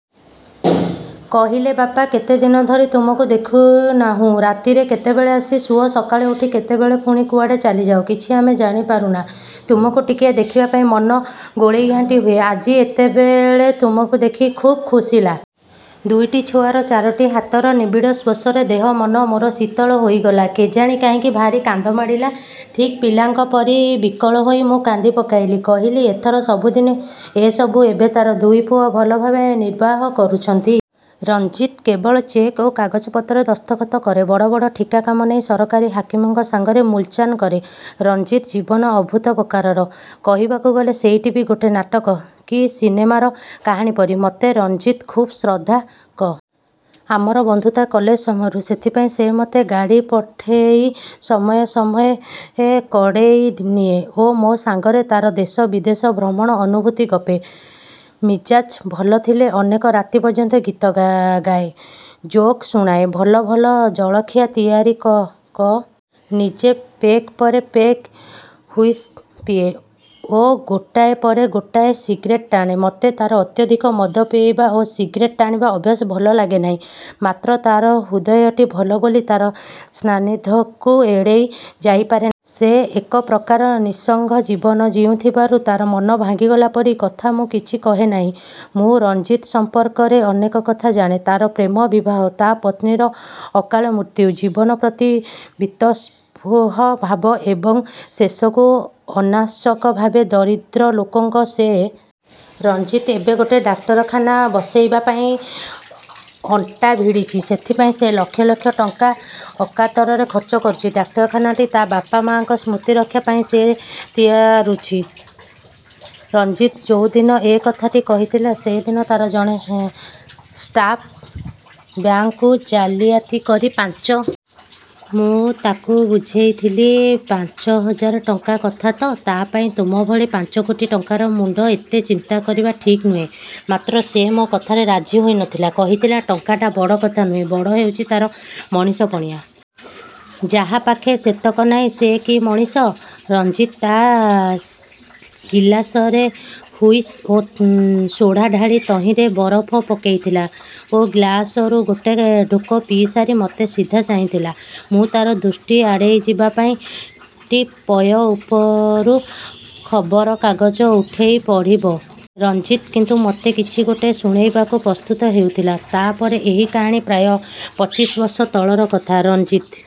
କହିଲେ–ବାପା, କେତେଦିନ ଧରି ତୁମକୁ ଦେଖିନାହୁଁ। ରାତିରେ କେତେବେଳେ ଆସି ଶୁଅ, ସକାଳେ ଉଠି କେତେବେଳେ ପୁଣି କୁଆଡ଼େ ଚାଲିଯାଅ, କିଛି ଆମେ ଜାଣିପାରୁନା। ତୁମକୁ ଟିକିଏ ଦେଖିବାପାଇଁ ମନ ଗୋଳେଇ ଘାଣ୍ଟି ହୁଏ। ଆଜି ଏତେବେଳେ ତୁମକୁ ଦେଖି ଖୁବ୍ ଖୁସି ଲାଗୁଛି ବାପା। ଦୁଇଟି ଛୁଆର ଚାରୋଟି ହାତର ନିବୀଡ଼ ସ୍ପର୍ଶରେ ଦେହ ମନ ମୋର ଶୀତଳ ହୋଇଗଲା। କେଜାଣି କାହିଁକି ଭାରି କାନ୍ଦମାଡ଼ିଲା। ଠିକ୍ ପିଲାଙ୍କ ପରି ବିକଳ ହୋଇ ମୁଁ କାନ୍ଦିପକାଇଲି। କହିଲି–ଏଥର ସବୁଦିନେ। ଏସବୁ ଏବେ ତାର ଦୁଇ ପୁଅ ଭଲ ଭାବେ ନିର୍ବାହ କରୁଛନ୍ତି। ରଣଜିତ୍ କେବଳ ଚେକ୍ ଓ କାଗଜପତ୍ରରେ ଦସ୍ତଖତ କରେ, ବଡ଼ ବଡ଼ ଠିକା କାମ ନେଇ ସରକାରୀ ହାକିମଙ୍କ ସାଙ୍ଗରେ ମୂଲଚାଲ କରେ। ରଣଜିତ୍ର ଜୀବନ ଅଦ୍ଭୁତ ପ୍ରକାରର। କହିବାକୁ ଗଲେ ସେଇଟି ବି ଗୋଟେ ନାଟକ କି ସିନେମାର କାହାଣୀ ପରି। ମୋତେ ରଣଜିତ୍ ଖୁବ୍ ଶ୍ରଦ୍ଧା କରେ। ଆମର ବନ୍ଧୁତା କଲେଜ ସମୟରୁ। ସେଥିପାଇଁ ସେ ମୋତେ ଗାଡ଼ି ପଠେଇ ସମୟେ ସମୟେ ଡକେଇ ନିଏ ଓ ମୋ ସାଙ୍ଗରେ ତାର ଦେଶ-ବିଦେଶ ଭ୍ରମଣ ଅନୁଭୂତି ଗପେ। ମିଜାଜ୍ ଭଲ ଥିଲେ ଅନେକ ରାତି ପର୍ଯ୍ୟନ୍ତ ଗୀତ ଗାଏ, ଜୋକ୍ ଶୁଣାଏ, ଭଲ ଭଲ ଜଳଖିଆ ତିଆରି କରାଏ ଓ ଖୁଆଏ। ନିଜେ ପେଗ୍ ପରେ ପେଗ୍ ହ୍ୱିସ୍କି ପିଏ ଓ ଗୋଟାଏ ପରେ ଗୋଟାଏ ସିଗ୍ରେଟ୍ ଟାଣେ। ମୋତେ ତାର ଅତ୍ୟଧିକ ମଦ ପିଇବା ଓ ସିଗ୍ରେଟ୍ ଟାଣିବା ଅଭ୍ୟାସ ଭଲ ଲାଗେ ନାହିଁ, ମାତ୍ର ତାର ହୃଦୟଟି ଭଲ ବୋଲି ତାର ସାନ୍ନିଧ୍ୟକୁ ଏଡ଼େଇ ଯାଇପାରେ ନାହିଁ। ସେ ଏକ ପ୍ରକାର ନିଃସଙ୍ଗ ଜୀବନ ଜିଉଁଥିବାରୁ ତାର ମନ ଭାଙ୍ଗିଗଲା ପରି କଥା ମୁଁ କିଛି କହେ ନାହିଁ। ମୁଁ ରଣଜିତ୍ ସଂପର୍କରେ ଅନେକ କଥା ଜାଣେ। ତାର ପ୍ରେମ, ବିବାହ, ତା ପତ୍ନୀର ଅକାଳ ମୃତ୍ୟୁ, ଜୀବନ ପ୍ରତି ବୀତସ୍ପୃହ ଭାବ ଏବଂ ଶେଷକୁ ଅନାସକ୍ତ ଭାବେ ଦରିଦ୍ର ଲୋକଙ୍କ ସେବା-ସାହାଯ୍ୟ ପାଇଁ ଆଗେଇ ଆସିବା କଥା ସବୁ ମୁଁ ଜାଣେ। ରଣଜିତ୍ ଏବେ ଗୋଟେ ଡାକ୍ତରଖାନା ବସେଇବା ପାଇଁ ଅଣ୍ଟା ଭିଡ଼ିଛି। ସେଥିପାଇଁ ସେ ଲକ୍ଷ ଲକ୍ଷ ଟଙ୍କା ଅକାତରେ ଖର୍ଚ୍ଚ କରୁଛି। ଡାକ୍ତରଖାନାଟି ତା ବାପା ମାଆଙ୍କ ସ୍ମୃତି ରକ୍ଷା ପାଇଁ ସେ ତିଆରୁଛି। ରଣଜିତ୍ ଯୋଉଦିନ ଏ କଥାଟି କହିଥିଲା ସେଦିନ ତାର ଜଣେ ଷ୍ଟାଫ୍ ବ୍ୟାଙ୍କ୍ରୁ ଜାଲିଆତି କରି ପାଞ୍ଚହଜାର ଟଙ୍କା ଉଠେଇ ନେଇଥିଲା। ମୁଁ ତାକୁ ବୁଝେଇଥିଲି, ପାଞ୍ଚହଜାର ଟଙ୍କା କଥା ତ! ତା ପାଇଁ ତୁମ ଭଳି ପାଞ୍ଚକୋଟି ଟଙ୍କାର ମୁଣ୍ଡ ଏତେ ଚିନ୍ତା କରିବା ଠିକ୍ ନୁହେଁ। ମାତ୍ର ସେ ମୋ କଥାରେ ରାଜି ହୋଇ ନଥିଲା। କହିଥିଲା, 'ଟଙ୍କାଟା ବଡ଼ କଥା ନୁହେଁ, ବଡ଼ ହେଉଛି ତାର ମଣିଷପଣିଆ। ଯାହା ପାଖେ ସେତକ ନାହିଁ ସେ କି ମଣିଷ! ' ରଣଜିତ୍ ତା ଗିଲାସରେ ହ୍ୱିସ୍କି ଓ ସୋଡ଼ା ଢାଳି ତହିଁରେ ବରଫ ପକେଇଥିଲା ଓ ଗିଲାସରୁ ଗୋଟେ ଢୋକ ପିଇସାରି ମୋତେ ସିଧା ଚାହିଁଥିଲା। ମୁଁ ତାର ଦୃଷ୍ଟି ଆଡ଼େଇଯିବା ପାଇଁ ଟି-ପୟ ଉପରୁ ଖବରକାଗଜ ଉଠେଇ ପଢ଼ି ବସିଥିଲି। ରଣଜିତ୍ କିନ୍ତୁ ମୋତେ କିଛି ଗୋଟେ ଶୁଣେଇବାକୁ ପ୍ରସ୍ତୁତ ହେଉଥିଲା। ତା'ପରେ ଏଇ କାହାଣୀ। ପ୍ରାୟ ପଚିଶ ବର୍ଷ ତଳର କଥା। ରଣଜିତ୍